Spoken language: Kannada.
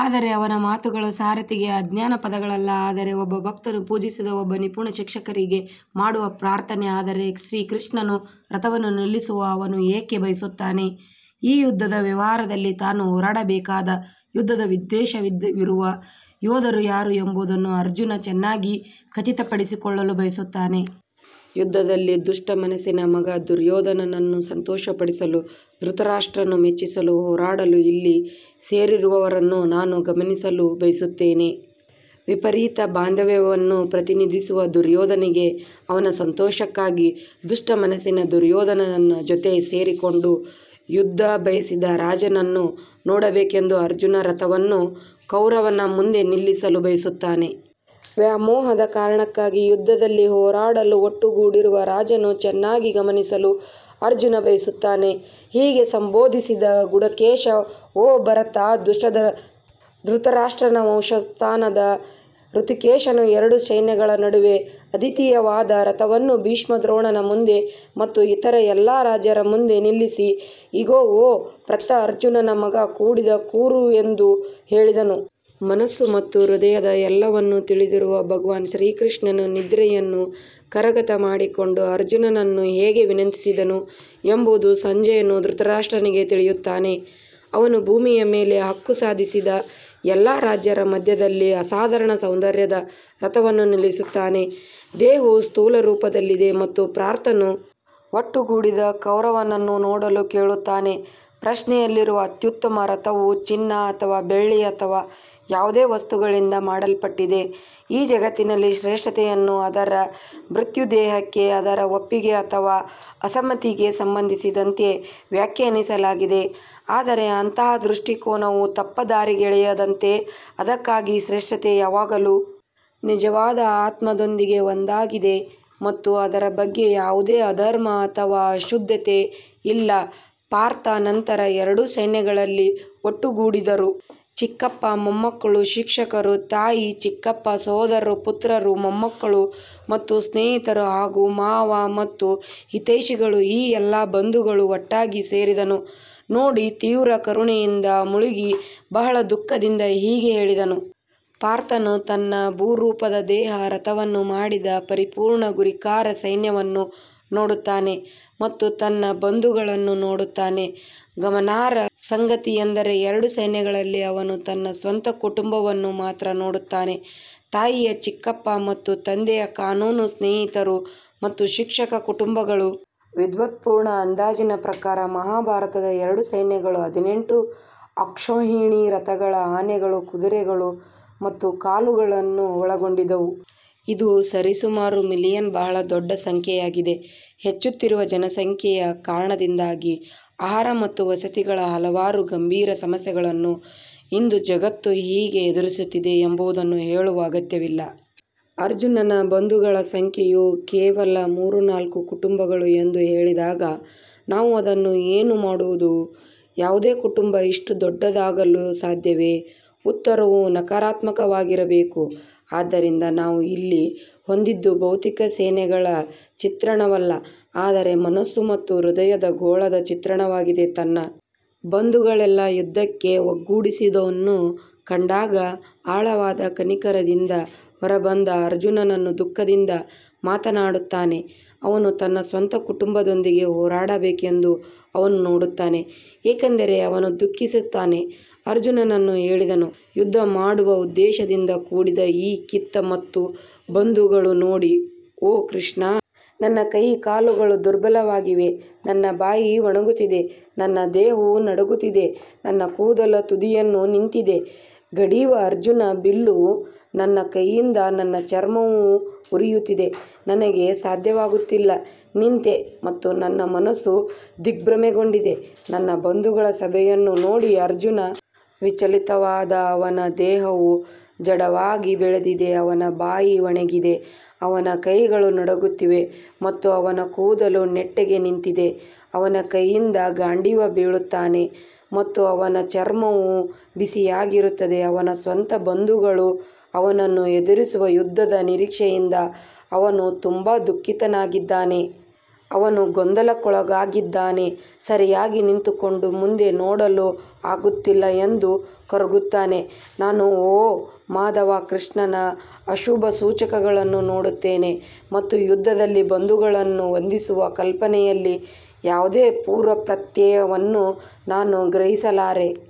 ಆದರೆ ಅವನ ಮಾತುಗಳು ಸಾರಥಿಗೆ ಆಜ್ಞೆಯ ಪದಗಳಲ್ಲ ಆದರೆ ಒಬ್ಬ ಭಕ್ತನು ಪೂಜಿಸಿದ ಒಬ್ಬ ನಿಪುಣ ಶಿಕ್ಷಕರಿಗೆ ಮಾಡುವ ಪ್ರಾರ್ಥನೆ ಆದರೆ ಶ್ರೀಕೃಷ್ಣನು ರಥವನ್ನು ನಿಲ್ಲಿಸಲು ಅವನು ಏಕೆ ಬಯಸುತ್ತಾನೆ ಈ ಯುದ್ಧದ ವ್ಯವಹಾರದಲ್ಲಿ ತಾನು ಹೋರಾಡಬೇಕಾದ ಯುದ್ಧದ ಉದ್ದೇಶವಿರುವ ಯೋಧರು ಯಾರು ಎಂಬುದನ್ನು ಅರ್ಜುನ್ ಚೆನ್ನಾಗಿ ಖಚಿತಪಡಿಸಿಕೊಳ್ಳಲು ಬಯಸುತ್ತಾನೆ. ಯುದ್ಧದಲ್ಲಿ ದುಷ್ಟ ಮನಸ್ಸಿನ ಮಗ ದುರ್ಯೋಧನನನ್ನು ಸಂತೋಷಪಡಿಸಲು ಧೃತರಾಷ್ಟ್ರರನ್ನು ಮೆಚ್ಚಿಸಲು ಹೋರಾಡಲು ಇಲ್ಲಿ ಸೇರಿರುವವರನ್ನು ನಾನು ಗಮನಿಸಲು ಬಯಸುತ್ತೇನೆ. ವಿಪರೀತ ಬಾಂಧವ್ಯವನ್ನು ಪ್ರತಿನಿಧಿಸುವ ದುರ್ಯೋಧನನಿಗೆ ಅವನ ಸಂತೋಷಕ್ಕಾಗಿ ದುಷ್ಟ ಮನಸ್ಸಿನ ದುರ್ಯೋಧನನ ಜೊತೆ ಸೇರಿಕೊಂಡು ಯುದ್ಧ ಬಯಸಿದ ರಾಜರನ್ನು ನೋಡಬೇಕೆಂದು ಅರ್ಜುನನು ರಥವನ್ನು ಕೌರವನ ಮುಂದೆ ನಿಲ್ಲಿಸಲು ಬಯಸುತ್ತಾನೆ. ವ್ಯಾಮೋಹದ ಕಾರಣಕ್ಕಾಗಿ ಯುದ್ಧದಲ್ಲಿ ಹೋರಾಡಲು ಒಟ್ಟುಗೂಡಿರುವ ರಾಜರನ್ನು ಚೆನ್ನಾಗಿ ಗಮನಿಸಲು ಅರ್ಜುನ್ ಬಯಸುತ್ತಾನೆ ಹೀಗೆ ಸಂಬೋಧಿಸಿದ ಗುಡಾಕೇಶ ಓ ಭರತ ಧೃತರಾಷ್ಟ್ರನ ವಂಶಸ್ಥನಾದ ಹೃಷಿಕೇಶನು ಎರಡು ಸೈನ್ಯಗಳ ನಡುವೆ ಅದ್ವಿತೀಯವಾದ ರಥವನ್ನು ಭೀಷ್ಮ ದ್ರೋಣನ ಮುಂದೆ ಮತ್ತು ಇತರ ಎಲ್ಲಾ ರಾಜರ ಮುಂದೆ ನಿಲ್ಲಿಸಿ ಇಗೋ ಓ ಪೃಥ ಅರ್ಜುನನ ಮಗ ಕೂಡಿದ ಕುರು ಎಂದು ಹೇಳಿದನು. ಮನಸ್ಸು ಮತ್ತು ಹೃದಯದ ಎಲ್ಲವನ್ನೂ ತಿಳಿದಿರುವ ಭಗವಾನ್ ಶ್ರೀಕೃಷ್ಣನು ನಿದ್ರೆಯನ್ನು ಕರಗತ ಮಾಡಿಕೊಂಡ ಅರ್ಜುನನು ಹೇಗೆ ವಿನಂತಿಸಿದನು ಎಂಬುದನ್ನು ಸಂಜಯನು ಧೃತರಾಷ್ಟ್ರನಿಗೆ ತಿಳಿಸುತ್ತಾನೆ, ಅವನು ಭೂಮಿಯ ಮೇಲೆ ಹಕ್ಕು ಸಾಧಿಸಿದ ಎಲ್ಲಾ ರಾಜರ ಮಧ್ಯದಲ್ಲಿ ಅಸಾಧಾರಣ ಸೌಂದರ್ಯದ ರಥವನ್ನು ನಿಲ್ಲಿಸುತ್ತಾನೆ. ದೇಹವು ಸ್ಥೂಲರೂಪದಲ್ಲಿದೆ ಮತ್ತು ಪಾರ್ಥನು ಒಟ್ಟುಗೂಡಿದ ಕೌರವನನ್ನು ನೋಡಲು ಕೇಳುತ್ತಾನೆ ಪ್ರಶ್ನೆಯಲ್ಲಿರುವ ಅತ್ಯುತ್ತಮ ರಥವು ಚಿನ್ನ ಅಥವಾ ಬೆಳ್ಳಿ ಅಥವಾ ಯಾವುದೇ ವಸ್ತುಗಳಿಂದ ಮಾಡಲ್ಪಟ್ಟಿದೆ ಈ ಜಗತ್ತಿನಲ್ಲಿ ಶ್ರೇಷ್ಠತೆಯನ್ನು ಅದರ ಮರ್ತ್ಯ ದೇಹಕ್ಕೆ ಅದರ ಒಪ್ಪಿಗೆ ಅಥವಾ ಅಸಮ್ಮತಿಗೆ ಸಂಬಂಧಿಸಿದಂತೆ ವ್ಯಾಖ್ಯಾನಿಸಲಾಗಿದೆ ಆದರೆ ಅಂತಹ ದೃಷ್ಟಿಕೋನವು ತಪ್ಪುದಾರಿಗೆಳೆಯುವಂತಿದೆ, ಅದಕ್ಕಾಗಿಯೇ ಶ್ರೇಷ್ಠತೆ ಯಾವಾಗಲೂ ನಿಜವಾದ ಆತ್ಮದೊಂದಿಗೆ ಒಂದಾಗಿದೆ ಮತ್ತು ಅದರ ಬಗ್ಗೆ ಯಾವುದೇ ಅಧರ್ಮ ಅಥವಾ ಅಶುದ್ಧತೆ ಇಲ್ಲ ಪಾರ್ಥ್ ನಂತರ ಎರಡು ಸೈನ್ಯಗಳಲ್ಲಿ ಒಟ್ಟುಗೂಡಿದರು ಚಿಕ್ಕಪ್ಪ ಮೊಮ್ಮಕ್ಕಳು ಶಿಕ್ಷಕರು ತಾಯಿಯ ಚಿಕ್ಕಪ್ಪ ಸಹೋದರರು ಪುತ್ರರು ಮೊಮ್ಮಕ್ಕಳು ಮತ್ತು ಸ್ನೇಹಿತರು ಹಾಗೂ ಮಾವ ಮತ್ತು ಹಿತೈಷಿಗಳು ಈ ಎಲ್ಲ ಬಂಧುಗಳು ಒಟ್ಟಾಗಿ ಸೇರಿದ್ದನ್ನು ನೋಡಿ ತೀವ್ರ ಕರುಣೆಯಿಂದ ಮುಳುಗಿ ಬಹಳ ದುಃಖದಿಂದ ಹೀಗೆ ಹೇಳಿದನು. ಪಾರ್ಥನು ತನ್ನ ಭೂರೂಪದ ದೇಹದ ರಥವನ್ನು ಮಾಡಿದ ಪರಿಪೂರ್ಣ ಗುರಿಕಾರ ಸೈನ್ಯವನ್ನು ನೋಡುತ್ತಾನೆ ಮತ್ತು ತನ್ನ ಬಂಧುಗಳನ್ನು ನೋಡುತ್ತಾನೆ ಗಮನಾರ್ಹ ಸಂಗತಿಯೆಂದರೆ, ಎರಡು ಸೈನ್ಯಗಳಲ್ಲಿ ಅವನು ತನ್ನ ಸ್ವಂತ ಕುಟುಂಬವನ್ನು ಮಾತ್ರ ನೋಡುತ್ತಾನೆ ತಾಯಿಯ ಚಿಕ್ಕಪ್ಪ ಮತ್ತು ತಂದೆ ಕಾನೂನು ಸ್ನೇಹಿತರು ಮತ್ತು ಶಿಕ್ಷಕರ ಕುಟುಂಬಗಳು. ವಿದ್ವತ್ಪೂರ್ಣ ಅಂದಾಜಿನ ಪ್ರಕಾರ ಮಹಾಭಾರತದ ಎರಡು ಸೈನ್ಯಗಳು ಹದಿನೆಂಟು ಅಕ್ಷೌಹಿಣಿ ರಥಗಳು ಆನೆಗಳು ಕುದುರೆಗಳು ಮತ್ತು ಕಾಲಾಳುಗಳನ್ನು ಒಳಗೊಂಡಿದ್ದವು, ಇದು ಸರಿಸುಮಾರು ಮಿಲಿಯನ್ ಬಹಳ ದೊಡ್ಡ ಸಂಖ್ಯೆಯಾಗಿದೆ. ಹೆಚ್ಚುತ್ತಿರುವ ಜನಸಂಖ್ಯೆಯ ಕಾರಣದಿಂದಾಗಿ ಆಹಾರ ಮತ್ತು ವಸತಿಗಳ ಹಲವಾರು ಗಂಭೀರ ಸಮಸ್ಯೆಗಳನ್ನು ಇಂದು ಜಗತ್ತು ಹೇಗೆ ಎದುರಿಸುತ್ತಿದೆ ಎಂಬುದನ್ನು ಹೇಳುವ ಅಗತ್ಯವಿಲ್ಲ. ಅರ್ಜುನನ ಬಂಧುಗಳ ಸಂಖ್ಯೆಯು ಕೇವಲ ಮೂರ್ನಾಲ್ಕು ಕುಟುಂಬಗಳು ಎಂದು ಹೇಳಿದಾಗ ನಾವು ಅದನ್ನು ಏನು ಮಾಡುವುದು? ಯಾವುದೇ ಕುಟುಂಬ ಇಷ್ಟು ದೊಡ್ಡದಾಗಲು ಸಾಧ್ಯವೇ ಉತ್ತರವು ನಕಾರಾತ್ಮಕವಾಗಿರಬೇಕು ಆದ್ದರಿಂದ ನಾವು ಇಲ್ಲಿ ಹೊಂದಿದ್ದು ಭೌತಿಕ ಸೇನೆಗಳ ಚಿತ್ರಣವಲ್ಲ ಆದರೆ ಮನಸ್ಸು ಮತ್ತು ಹೃದಯದ ಗೋಳದ ಚಿತ್ರಣವಾಗಿದೆ ತನ್ನ ಬಂಧುಗಳೆಲ್ಲ ಯುದ್ಧಕ್ಕೆ ಒಗ್ಗೂಡಿಸಿರುವುದನ್ನು ಕಂಡಾಗ ಆಳವಾದ ಕನಿಕರದಿಂದ ಹೊರಬಂದ ಅರ್ಜುನನು ದುಃಖದಿಂದ ಮಾತನಾಡುತ್ತಾನೆ ಅವನು ತನ್ನ ಸ್ವಂತ ಕುಟುಂಬದೊಂದಿಗೆ ಹೋರಾಡಬೇಕೆಂದು ಅವನು ನೋಡುತ್ತಾನೆ ಏಕೆಂದರೆ ಅವನು ದುಃಖಿಸುತ್ತಾನೆ ಅರ್ಜುನನು ಹೇಳಿದನು ಯುದ್ಧ ಮಾಡುವ ಉದ್ದೇಶದಿಂದ ಕೂಡಿದ ಈ ಕಿತ್ ಮತ್ತು ಬಂಧುಗಳನ್ನು ನೋಡಿ ಓ ಕೃಷ್ಣ ನನ್ನ ಕೈಕಾಲುಗಳು ದುರ್ಬಲವಾಗಿವೆ ನನ್ನ ಬಾಯಿ ಒಣಗುತ್ತಿದೆ ನನ್ನ ದೇಹವು ನಡುಗುತ್ತಿದೆ ನನ್ನ ಕೂದಲು ತುದಿಯಲ್ಲಿ ನಿಂತಿದೆ ಗಂಡೀವ್ ಅರ್ಜುನ್ ಬಿಲ್ಲು ನನ್ನ ಕೈಯಿಂದ ನನ್ನ ಚರ್ಮವು ಉರಿಯುತ್ತಿದೆ ನನಗೆ ಸಾಧ್ಯವಾಗುತ್ತಿಲ್ಲ ನಿಂತೆ ಮತ್ತು ನನ್ನ ಮನಸ್ಸು ದಿಗ್ಭ್ರಮೆಗೊಂಡಿದೆ ತನ್ನ ಬಂಧುಗಳ ಸಭೆಯನ್ನು ನೋಡಿ ಅರ್ಜುನ್ ವಿಚಲಿತನಾದ ಅವನ ದೇಹವು ಜಡವಾಗಿ ಬೆಳೆದಿದೆ ಅವನ ಬಾಯಿ ಒಣಗಿದೆ ಅವನ ಕೈಗಳು ನಡುಗುತ್ತವೆ ಮತ್ತು ಅವನ ಕೂದಲು ನೆಟ್ಟಗೆ ನಿಂತಿದೆ ಅವನ ಕೈಯಿಂದ ಗಾಂಡೀವ್ ಬೀಳುತ್ತಾನೆ ಮತ್ತು ಅವನ ಚರ್ಮವು ಬಿಸಿಯಾಗಿರುತ್ತದೆ ಅವನ ಸ್ವಂತ ಬಂಧುಗಳು ಅವನನ್ನು ಎದುರಿಸುವ ಯುದ್ಧದ ನಿರೀಕ್ಷೆಯಿಂದ ಅವನು ತುಂಬಾ ದುಃಖಿತನಾಗಿದ್ದಾನೆ ಅವನು ಗೊಂದಲಕ್ಕೊಳಗಾಗಿದ್ದಾನೆ ಸರಿಯಾಗಿ ನಿಂತುಕೊಂಡು ಮುಂದೆ ನೋಡಲೂ ಆಗುತ್ತಿಲ್ಲ ಎಂದು ಕೊರಗುತ್ತಾನೆ ನಾನು ಓ ಮಾಧವ ಕೃಷ್ಣನ ಅಶುಭ ಸೂಚಕಗಳನ್ನು ನೋಡುತ್ತೇನೆ ಮತ್ತು ಯುದ್ಧದಲ್ಲಿ ಬಂಧುಗಳನ್ನು ವಧಿಸುವ ಕಲ್ಪನೆಯಲ್ಲಿ ಯಾವುದೇ ಪೂರ್ವಪ್ರತ್ಯಯವನ್ನು ನಾನು ಗ್ರಹಿಸಲಾರೆ.